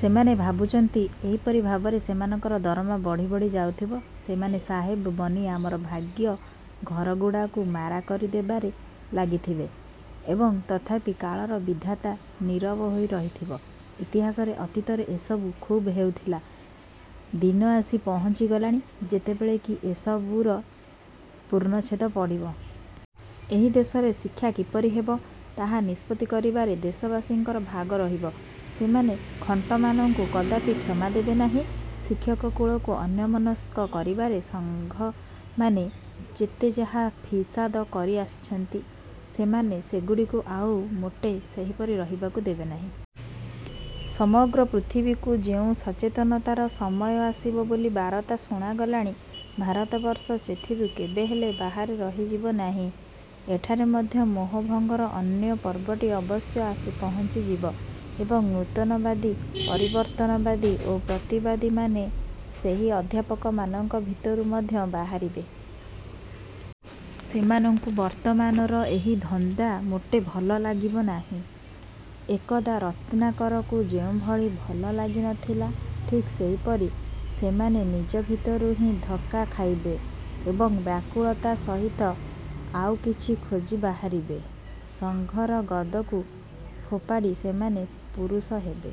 ସେମାନେ ଭାବୁଛନ୍ତି, ଏହିପରି ଭାବରେ ସେମାନଙ୍କର ଦରମା ବଢ଼ି ବଢ଼ି ଯାଉଥିବ, ସେମାନେ ସାହେବ ବନି ଆମର ଭାଗ୍ୟ-ଘରଗୁଡ଼ାକୁ ମାରା କରି ଦେବାରେ ଲାଗିଥିବେ ଏବଂ ତଥାପି କାଳର ବିଧାତା ନୀରବ ହୋଇ ରହିଥିବ। ଇତିହାସରେ ଅତୀତରେ ଏସବୁ ଖୁବ୍ ହେଉଥିଲା; ଦିନ ଆସି ପହଞ୍ଚି ଗଲାଣି ଯେତେବେଳେ କି ଏ ସବୁରେ ପୂର୍ଣ୍ଣଚ୍ଛେଦ ପଡ଼ିବ। ଏହି ଦେଶରେ ଶିକ୍ଷା କିପରି ହେବ, ତାହା। ନିଷ୍ପତ୍ତି କରିବାରେ ଦେଶବାସୀଙ୍କର ଭାଗ ରହିବ। ସେମାନେ ଖଣ୍ଟମାନଙ୍କୁ କଦାପି କ୍ଷମା ଦେବେ ନାହିଁ। ଶିକ୍ଷକକୁଳକୁ ଅନ୍ୟମନସ୍କ କରିବାରେ ସଂଘମାନେ ଯେତେ ଯାହା ଫିସାଦ କରି ଆସିଛନ୍ତି, ସେମାନେ ସେଗୁଡ଼ିକୁ ଆଉ ମୋଟେ ସେହିପରି ରହିବାକୁ ଦେବେ ନାହିଁ। ସମଗ୍ର ପୃଥିବୀକୁ ଯେଉଁ ସଚେତନତାର ସମୟ ଆସିବ ବୋଲି ବାରତା ଶୁଣାଗଲାଣି, ଭାରତବର୍ଷ ସେଥିରୁ କେବେହେଲେ ବାହାରେ ରହିଯିବ ନାହିଁ। ଏଠାରେ ମଧ୍ୟ ମୋହଭଙ୍ଗର ଅନ୍ୟ ପର୍ବଟି ଅବଶ୍ୟ ଆସି ପହଞ୍ଚିଯିବ। ଏବଂ, ନୂତନବାଦୀ, ପରିବର୍ତ୍ତନବାଦୀ ଓ ପ୍ରତିବାଦୀମାନେ ସେହି ଅଧ୍ୟାପକମାନଙ୍କ ଭିତରୁ ମଧ୍ୟ ବାହାରିବେ। ସେମାନଙ୍କୁ ବର୍ତ୍ତମାନର ଏହି ଧନ୍ଦା ମୋଟେ ଭଲ ଲାଗିବ ନାହିଁ। ଏକଦା ରତ୍ନାକରକୁ ଯେଉଁଭଳି ଭଲ ଲାଗି ନଥିଲା, ଠିକ୍ ସେହିପରି। ସେମାନେ ନିଜ ଭିତରୁ ହିଁ ଧକ୍କା ଖାଇବେ ଏବଂ ବ୍ୟାକୁଳତା ସହିତ ଆଉ କିଛି ଖୋଜି ବାହାରିବେ। ସଂଘର ଗଦକୁ ଫୋପାଡ଼ି ସେମାନେ ପୁରୁଷ ହେବେ।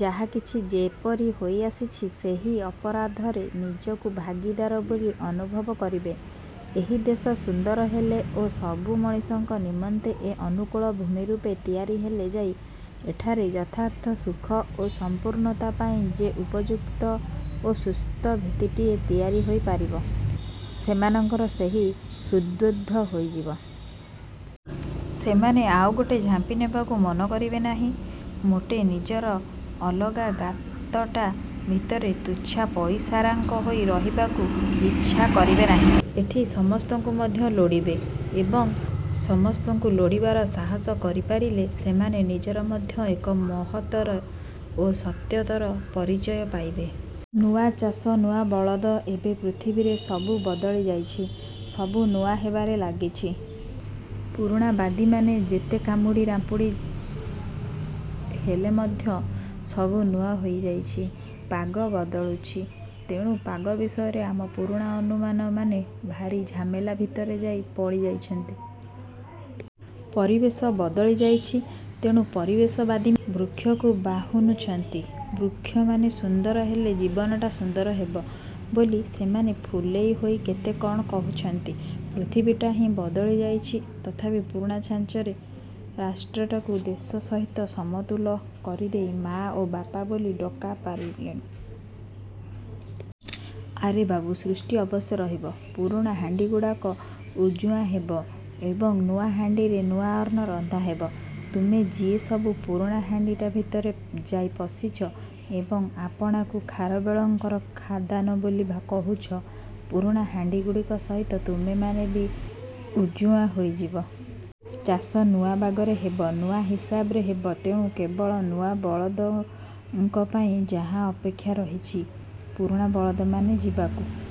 ଯାହାକିଛି ଯେପରି ହୋଇ ଆସିଛି, ସେହି ଅପରାଧରେ ନିଜକୁ ଭାଗୀଦାର ବୋଲି ଅନୁଭବ କରିବେ। ଏହି ଦେଶ ସୁନ୍ଦର ହେଲେ ଓ ସବୁ ମଣିଷଙ୍କ ନିମନ୍ତେ ଏକ ଅନୁକୂଳ ଭୂମି ରୂପେ ତିଆରି ହେଲେ ଯାଇ ଏଠାରେ ଯଥାର୍ଥ ସୁଖ ଓ ସଂପୂର୍ଣ୍ଣତା ପାଇଁ ଯେ ଉପଯୁକ୍ତ ଓ ସୁସ୍ଥ ଭିତ୍ତିଟିଏ ତିଆରି ହୋଇ ପାରିବ, ସେମାନଙ୍କର ସେହି ହୃଦ୍ବୋଧ ହୋଇଯିବ। ସେମାନେ ଆଉ ମୋଟେ ଝାମ୍ପି ନେବାକୁ ମନ କରିବେ ନାହିଁ। ମୋଟେ ନିଜର ଅଲଗା ଗାତଟା ଭିତରେ ତୁଚ୍ଛା ପଇସାରଙ୍କା ହୋଇ ରହିବାକୁ ଇଚ୍ଛା କରିବେ ନାହିଁ। ଏଠି ସମସ୍ତଙ୍କୁ ମଧ୍ୟ ଲୋଡ଼ିବେ-। ଏବଂ, ସମସ୍ତଙ୍କୁ ଲୋଡ଼ିବାର ସାହସ କରିପାରିଲେ ସେମାନେ ନିଜର ମଧ୍ୟ ଏକ ମହତ୍ତର ଓ ସତ୍ୟତର ପରିଚୟ ପାଇବେ। ନୂଆ ଚାଷ ନୂଆ ବଳଦ ଏବେ ପୃଥିବୀରେ ସବୁ ବଦଳି ଯାଉଛି। ସବୁ ନୂଆ ହେବାରେ ଲାଗିଛି। ପୁରୁଣାବାଦୀମାନେ ଯେତେ କାମୁଡ଼ି ରାମ୍ପୁଡ଼ି ହେଲେ ମଧ୍ୟ ସବୁ ନୂଆ ହୋଇଯାଉଛି। ପାଗ ବଦଳୁଛି, ତେଣୁ ପାଗ ବିଷୟରେ ଆମ ପୁରୁଣା ଅନୁମାନମାନେ ଭାରି ଝାମେଲା ଭିତରେ ଯାଇ ପଡ଼ିଯାଉଛନ୍ତି। ପରିବେଶ ବଦଳି ଯାଉଛି, ତେଣୁ ପରିବେଶବାଦୀମାନେ ବୃକ୍ଷକୁ ବାହୁନୁଛନ୍ତି, ବୃକ୍ଷମାନେ ସୁନ୍ଦର ହେଲେ ଜୀବନଟା ସୁନ୍ଦର ହେବ ବୋଲି ସେମାନେ ଫୁଲେଇ ହୋଇ କେତେ କ'ଣ କହୁଛନ୍ତି। ପୃଥିବୀଟା ହିଁ ବଦଳି ଯାଉଛି। ତଥାପି ପୁରୁଣା ଛାଞ୍ଚରେ ରାଷ୍ଟ୍ରଟାକୁ ଦେଶ ସହିତ ସମତୁଲ କରିଦେଇ ମାଆ ଓ ବାପା ବୋଲି ଡ଼କା ପାରିଲେଣି। ଆରେ ବାବୁ, ସୃଷ୍ଟି ଅବଶ୍ୟ ରହିବ-। ପୁରୁଣା ହାଣ୍ଡିଗୁଡ଼ାକ ଉଜୁଆଁ ହେବ ଏବଂ ନୂଆ ହାଣ୍ଡିରେ ନୂଆ ଅନ୍ନ ରନ୍ଧାହେବ। ତୁମେ ଯିଏସବୁ ପୁରୁଣା ହାଣ୍ଡିଟା ଭିତରେ ଯାଇ ପଶିଛ ଏବଂ ଆପଣାକୁ ଖାରବେଳଙ୍କର ଖାନ୍ଦାନ ବୋଲି କହୁଛ, ପୁରୁଣା ହାଣ୍ଡିଗୁଡ଼ିକ ସହିତ ତୁମେମାନେ ବି ଉଜୁଆଁ ହୋଇଯିବ। ଚାଷ ନୂଆ ବାଗରେ ହେବ, ନୂଆ ହିସାବରେ ହେବ। ତେଣୁ, କେବଳ ନୂଆ ବଳଦଙ୍କ ପାଇଁ ଯାହା ଅପେକ୍ଷା ରହିଛି। ପୁରୁଣା ବଳଦମାନେ ଯିବାକୁ